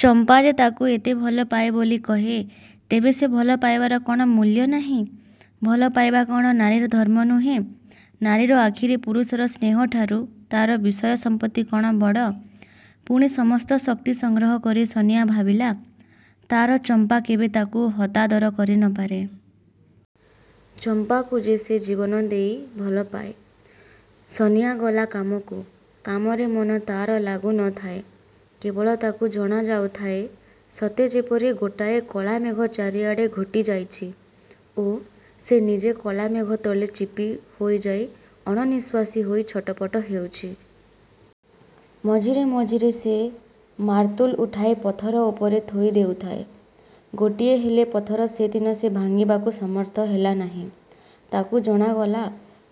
ଚମ୍ପା ଯେ ତାକୁ ଏତେ ଭଲପାଏ ବୋଲି କହେ, ତେବେ ସେ ଭଲ ପାଇବାର କ'ଣ ମୂଲ୍ୟ ନାହିଁ? ଭଲ ପାଇବା କ'ଣ ନାରୀର ଧର୍ମ ନୁହେଁ? ନାରୀର ଆଖିରେ ପୁରୁଷର ସ୍ନେହଠାରୁ ତା'ର ବିଷୟ ସମ୍ପତ୍ତି କ'ଣ ବଡ଼? ପୁଣି ସମସ୍ତ ଶକ୍ତି ସଂଗ୍ରହ କରି ସନିଆ ଭାବିଲା, ''ତା'ର ଚମ୍ପା କେବେ ତାକୁ ହତାଦର କରିନପାରେ। ଚମ୍ପାକୁ ଯେ ସେ ଜୀବନଦେଇ ଭଲପାଏ। '' ସନିଆ ଗଲା କାମକୁ। କାମରେ ମନ ତା'ର ଲାଗୁ ନ ଥାଏ। କେବଳ ତାକୁ ଜଣା ଯାଉଥାଏ ସତେଯେପରି ଗୋଟାଏ କଳାମେଘ ଚାରିଆଡ଼େ ଘୋଟିଯାଇଛି ଓ ସେ ନିଜେ କଳାମେଘ ତଳେ ଚିପି ହୋଇଯାଇ ଅଣନିଶ୍ୱାସୀ ହୋଇ ଛଟପଟ ହେଉଛି। ମଝିରେ ମଝିରେ ସେ ମାରତୁଲ ଉଠାଇ ପଥର ଉପରେ ଥୋଇ ଦେଉଥାଏ। ଗୋଟିଏହେଲେ ପଥର ସେଦିନ ସେ ଭାଙ୍ଗିବାକୁ ସମର୍ଥ ହେଲା ନାହିଁ। ତାକୁ ଜଣାଗଲା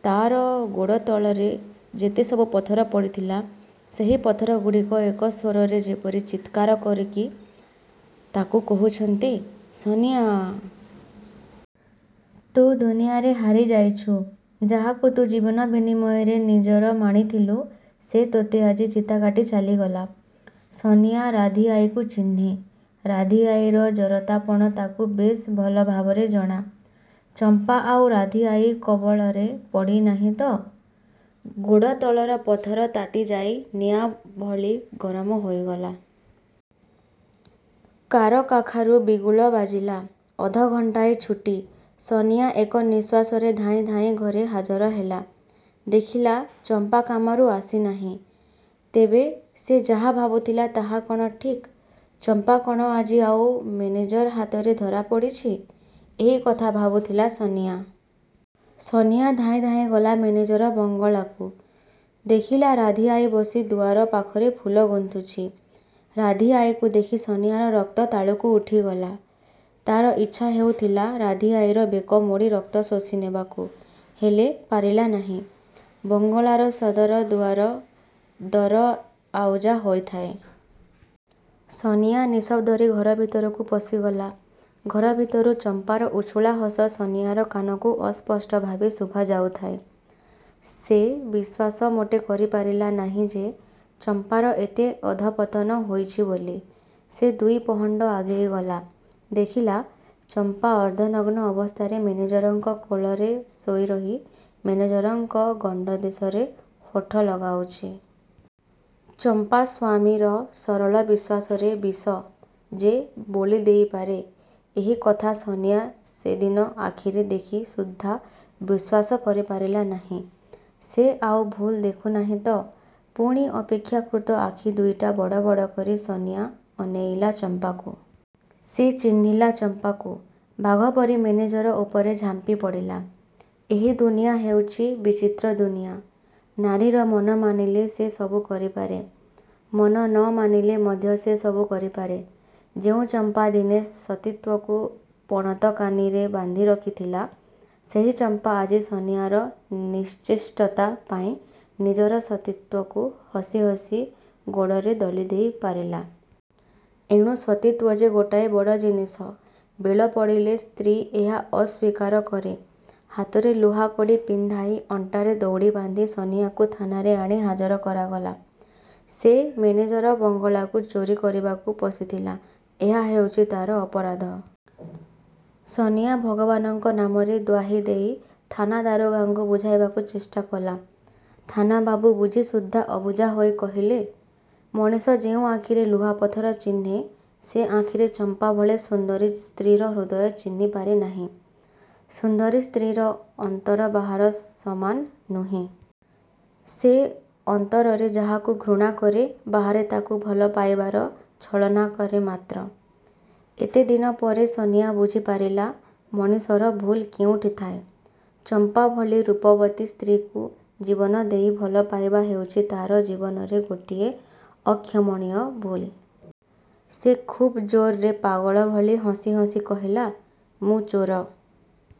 ତା'ର ଗୋଡ଼ତଳରେ ଯେତେସବୁ ପଥର ପଡ଼ିଥିଲା ସେହି ପଥରଗୁଡ଼ିକ ଏକ ସ୍ୱରରେ ଯେପରି ଚିତ୍କାରକରି ତାକୁ କହୁଛନ୍ତି, ''ସନିଆ! ତୁ ଦୁନିଆରେ ହାରିଯାଇଛୁ। ଯାହାକୁ ତୁ ଜୀବନ ବିନିମୟରେ ନିଜର ମଣିଥିଲୁ, ସେ ତୋତେ ଆଜି ଚିତାକାଟି ଚାଲିଗଲା। '' ସନିଆ ରାଧୀଆଈକୁ ଚିହ୍ନେ। ରାଧୀଆଈର ଜରତାପଣ ତାକୁ ବେଶ୍ ଭଲଭାବରେ ଜଣା। ଚମ୍ପା ଆଉ ରାଧୀଆଈ କବଳରେ ପଡ଼ିନାହିଁ ତ? ଗୋଡ଼ ତଳର ପଥର ତାତିଯାଇ ନିଆଁଭଳି ଗରମ ହୋଇଗଲା। କାରକାଖାରୁ ବିଗୁଲ ବାଜିଲା। ଅଧ ଘଣ୍ଟାଏ ଛୁଟି। ସନିଆ ଏକ ନିଶ୍ୱାସରେ ଧାଇଁ ଧାଇଁ ଘରେ ହାଜର ହେଲା। ଦେଖିଲା ଚମ୍ପା କାମରୁ ଆସିନାହିଁ। ତେବେ ସେ ଯାହା ଭାବୁଥିଲା ତାହା କ'ଣ ଠିକ୍? ଚମ୍ପା କ'ଣ ଆଜି ଆଉ ମେନେଜର ହାତରେ ଧରାପଡ଼ିଛି? ଏହି କଥା ଭାବୁଥିଲା ସନିଆ। ସନିଆ ଧାଇଁ ଧାଇଁ ଗଲା ମେନେଜର ବଙ୍ଗଳାକୁ। ଦେଖିଲା ରାଧୀଆଈ ବସି ଦୁଆର ପାଖରେ ଫୁଲ ଗୁନ୍ଥୁଛି। ରାଧୀଆଈକୁ ଦେଖି ସନିଆର ରକ୍ତ ତାଳୁକୁ ଉଠିଗଲା। ତା'ର ଇଚ୍ଛା ହେଉଥିଲା ରାଧୀଆଈର ବେକ ମୋଡ଼ି ରକ୍ତ ଶୋଷି ନେବାକୁ। ହେଲେ ପାରିଲା ନାହିଁ। ବଙ୍ଗଳାର ସଦର ଦୁଆର ଦରଆଉଜା ହୋଇଥାଏ। ସନିଆ ନିଶବ୍ଦରେ ଘର ଭିତରକୁ ପଶିଗଲା। ଘର ଭିତରୁ ଚମ୍ପାର ଉଛୁଳା ହସ ସନିଆର କାନକୁ ଅସ୍ପଷ୍ଟ ଭାବେ ଶୁଭାଯାଉଥାଏ। ସେ ବିଶ୍ୱାସ ମୋଟେ କରିପାରିଲା ନାହିଁ ଯେ ଚମ୍ପାର ଏତେ ଅଧଃପତନ ହୋଇଛି ବୋଲି। ସେ ଦୁଇ ପହଣ୍ଡ ଆଗେଇଗଲା। ଦେଖିଲା ଚମ୍ପା ଅର୍ଦ୍ଧନଗ୍ନ ଅବସ୍ଥାରେ ମେନେଜରଙ୍କ କୋଳରେ ଶୋଇରହି ମେନେଜରଙ୍କ ଗଣ୍ଡଦେଶରେ ଓଠ ଲଗାଉଛି। ଚମ୍ପା ସ୍ୱାମୀର ସରଳ ବିଶ୍ୱାସରେ ବିଷ ଯେ ବୋଳି ଦେଇପାରେ ଏହି କଥା ସନିଆ ସେଦିନ ଆଖିରେ ଦେଖି ସୁଦ୍ଧା ବିଶ୍ୱାସ କରିପାରିଲା ନାହିଁ। ସେ ଆଉ ଭୁଲ ଦେଖୁନାହିଁ ତ? ପୁଣି ଅପେକ୍ଷାକୃତ ଆଖି ଦୁଇଟା ବଡ଼ ବଡ଼ କରି ସନିଆ ଅନେଇଲା ଚମ୍ପାକୁ। ସେ ଚିହ୍ନିଲା ଚମ୍ପାକୁ। ବାଘପରି ମେନେଜର ଉପରେ ଝାମ୍ପିପଡ଼ିଲା। ଏହି ଦୁନିଆ ହେଉଛି ବିଚିତ୍ର ଦୁନିଆ। ନାରୀର ମନ ମାନିଲେ ସେ ସବୁ କରିପାରେ। ମନ ନ ମାନିଲେ ମଧ୍ୟ ସେ ସବୁ କରିପାରେ। ଯେଉଁ ଚମ୍ପା ଦିନେ ସତୀତ୍ୱକୁ ପଣତକାନିରେ ବାନ୍ଧିରଖିଥିଲା, ସେହି ଚମ୍ପା ଆଜି ସନିଆର ନିଶ୍ଚେଷ୍ଟତା ପାଇଁ ନିଜର ସତୀତ୍ଵକୁ ହସି ହସି ଗୋଡ଼ରେ ଦଳି ଦେଇ ପାରିଲା। ଏଣୁ ସତୀତ୍ଵ ଯେ ଗୋଟାଏ ବଡ଼ ଜିନିଷ ବେଳ ପଡ଼ିଲେ ସ୍ତ୍ରୀ ଏହା ଅସ୍ୱୀକାର କରେ। ହାତରେ ଲୁହାକଡ଼ି ପିନ୍ଧାଇ, ଅଣ୍ଟାରେ ଦଉଡ଼ି ବାନ୍ଧି ସନିଆକୁ ଥାନାରେ ଆଣି ହାଜର କରାଗଲା। ସେ ମେନେଜର ବଙ୍ଗଳାକୁ ଚୋରୀ କରିବାକୁ ପଶିଥିଲା, ଏହା ହେଉଛି ତା'ର ଅପରାଧ। ସନିଆ ଭଗବାନଙ୍କ ନାମରେ ଦ୍ୱାହିଦେଇ ଥାନା ଦାରୋଗାଙ୍କୁ ବୁଝାଇବାକୁ ଚେଷ୍ଟା କଲା-। ଥାନାବାବୁ ବୁଝି ସୁଦ୍ଧା ଅବୁଝା ହୋଇ କହିଲେ, ''ମଣିଷ ଯେଉଁ ଆଖିରେ ଲୁହା ପଥର ଚିହ୍ନେ ସେ ଆଖିରେ ଚମ୍ପା ଭଳି ସୁନ୍ଦରୀ ସ୍ତ୍ରୀର ହୃଦୟ ଚିହ୍ନି ପାରେନାହିଁ। ସୁନ୍ଦରୀ ସ୍ତ୍ରୀର ଅନ୍ତର ବାହାର ସମାନ ନୁହେଁ। ସେ ଅନ୍ତରରେ ଯାହାକୁ ଘୃଣାକରେ ବାହାରେ ତାକୁ ଭଲ ପାଇବାର ଛଳନାକରେ ମାତ୍ର। '' ଏତେ ଦିନ ପରେ ସନିଆ ବୁଝିପାରିଲା ମଣିଷର ଭୁଲ କେଉଁଠି ଥାଏ। ଚମ୍ପା ଭଳି ରୂପବତୀ ସ୍ତ୍ରୀକୁ ଜୀବନଦେଇ ଭଲ ପାଇବା ହେଉଛି ତା'ର ଜୀବନରେ ଗୋଟିଏ ଅକ୍ଷମଣୀୟ ଭୁଲ-। ସେ ଖୁବ୍ ଜୋରରେ ପାଗଳ ଭଳି ହସି ହସି କହିଲା, ''ମୁଁ ଚୋର।